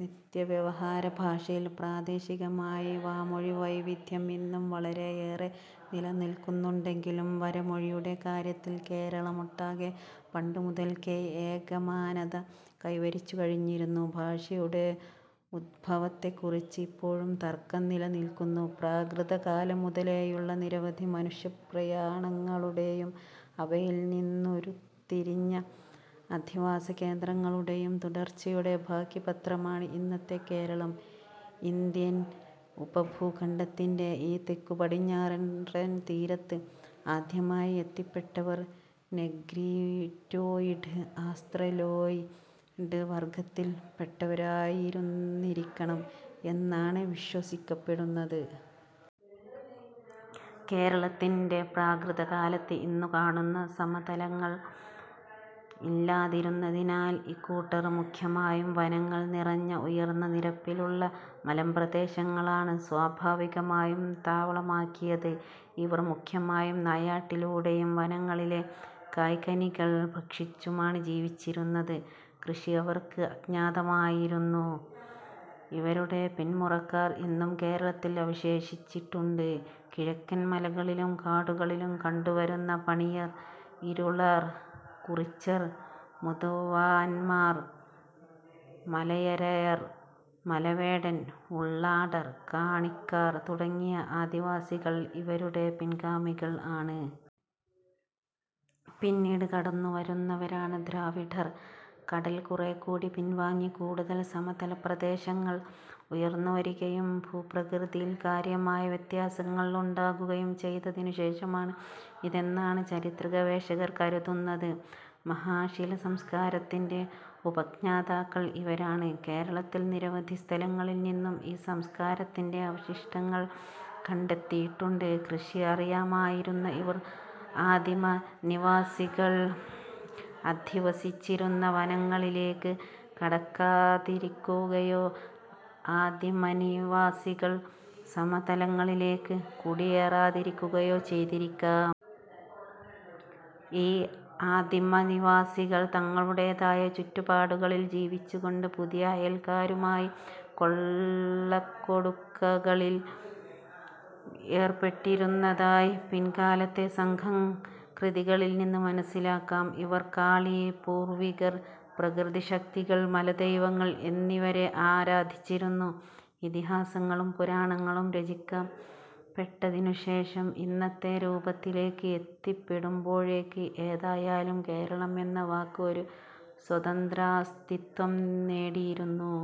നിത്യവ്യവഹാരഭാഷയിൽ പ്രാദേശികമായി വാമൊഴിവൈവിദ്ധ്യം ഇന്നും വളരെയേറെ നിലനിൽക്കുന്നുണ്ടെങ്കിലും വരമൊഴിയുടെ കാര്യത്തിൽ കേരളമൊട്ടാകെ പണ്ടുമുതൽക്കേ ഏകമാനത കൈവരിച്ചുകഴിഞ്ഞിരുന്നു. ഭാഷയുടെ ഉത്ഭവത്തെ കുറിച്ച് ഇപ്പോഴും തർക്കം നിലനിൽക്കുന്നു പ്രാകൃതകാലം മുതലേയുള്ള നിരവധി മനുഷ്യപ്രയാണങ്ങളുടേയും അവയിൽനിന്നുരുത്തിരിഞ്ഞ അധിവാസകേന്ദ്രങ്ങളുടേയും തുടർച്ചയുടെ ബാക്കി പത്രമാണ് ഇന്നത്തെ കേരളം. ഇന്ത്യൻ ഉപഭൂഖണ്ഡത്തിന്റെ ഈ തെക്കുപടിഞ്ഞാറൻ തീരദേശത്ത് ആദ്യമായി എത്തിപ്പെട്ടവർ നെഗ്രിറ്റോയ്ഡ്-ആസ്ത്രലോയ്ഡ് വർഗ്ഗത്തിൽ പെട്ടവരായിരുന്നിരിക്കണം എന്നാണ് വിശ്വസിക്കപ്പെടുന്നത്. കേരളത്തിന്റെ പ്രാകൃതകാലത്ത് ഇന്നുകാണുന്ന സമതലങ്ങൾ ഇല്ലാതിരുന്നതിനാൽ ഇക്കൂട്ടർ മുഖ്യമായും വനങ്ങൾ നിറഞ്ഞ ഉയർന്ന നിരപ്പിലുള്ള മലമ്പ്രദേശങ്ങളാണ് സ്വാഭാവികമായും താവളമാക്കിയത്. ഇവർ മുഖ്യമായും നായാട്ടിലൂടെയും വനങ്ങളിലെ കായ്കനികൾ ഭക്ഷിച്ചുമാണ് ജീവിച്ചിരുന്നത്. കൃഷി അവർക്ക് അജ്ഞാതമായിരുന്നു. ഇവരുടെ പിന്മുറക്കാർ ഇന്നും കേരളത്തിൽ അവശേഷിച്ചിട്ടുണ്ട്. കിഴക്കൻ മലകളിലും കാടുകളിലും കണ്ടുവരുന്ന പണിയർ, ഇരുളർ, കുറിച്യർ, മുതുവാന്മാർ, മലയരയർ, മലവേടർ, ഉള്ളാടർ, കാണിക്കാർ തുടങ്ങിയ ആദിവാസികൾ ഇവരുടെ പിൻഗാമികൾ ആണ്. പിന്നീട് കടന്നുവന്നവരാണ് ദ്രാവിഡർ. കടൽ കുറേക്കൂടി പിൻവാങ്ങി കൂടുതൽ സമതലപ്രദേശങ്ങൾ ഉയർന്നുവരികയും ഭൂപ്രകൃതിയിൽ കാര്യമായ വ്യത്യാസങ്ങൾ ഉണ്ടാകുകയും ചെയ്തതിനുശേഷമാണ് ഇതെന്നാണ് ചരിത്രഗവേഷകർ കരുതുന്നത്. മഹാശിലസംസ്കാരത്തിന്റെ ഉപജ്ഞാതാക്കൾ ഇവരാണ്. കേരളത്തിൽ നിരവധി സ്ഥലങ്ങളിൽ നിന്നും ഈ സംസ്കാരത്തിന്റെ അവശിഷ്ടങ്ങൾ കണ്ടെടുത്തിട്ടുണ്ട്. കൃഷി അറിയാമായിരുന്ന ഇവർ ആദിമനിവാസികൾ അധിവസിച്ചിരുന്ന വനങ്ങളിലേക്ക് കടക്കാതിരിക്കുകയോ ആദിമനിവാസികൾ സമതലങ്ങളിലേക്ക് കുടിയേറാതിരിക്കുകയോ ചെയ്തിരിക്കാം. ഈ ആദിമനിവാസികൾ തങ്ങളുടേതായ ചുറ്റുപാടുകളിൽ ജീവിച്ചുകൊണ്ട് പുതിയ അയൽക്കാരുമായി കൊള്ളക്കൊടുക്കകളിൽ ഏർപ്പെട്ടിരുന്നതായി പിൽക്കാലത്തെ സംഘം കൃതികളിൽ നിന്ന് മനസ്സിലാക്കാം. ഇവർ കാളി, പൂർവ്വികർ, പ്രകൃതിശക്തികൾ, മലദൈവങ്ങൾ എന്നിവരെ ആരാധിച്ചിരുന്നു. ഇതിഹാസങ്ങളും പുരാണങ്ങളും രചിക്കപ്പെട്ടതിനുശേഷം ഇന്നത്തെ രൂപത്തിലേക്ക് എത്തിപ്പെടുമ്പോഴേക്ക് ഏതായാലും കേരളം എന്ന വാക്ക് ഒരു സ്വതന്ത്രാസ്തിത്വം നേടിയിരുന്നു.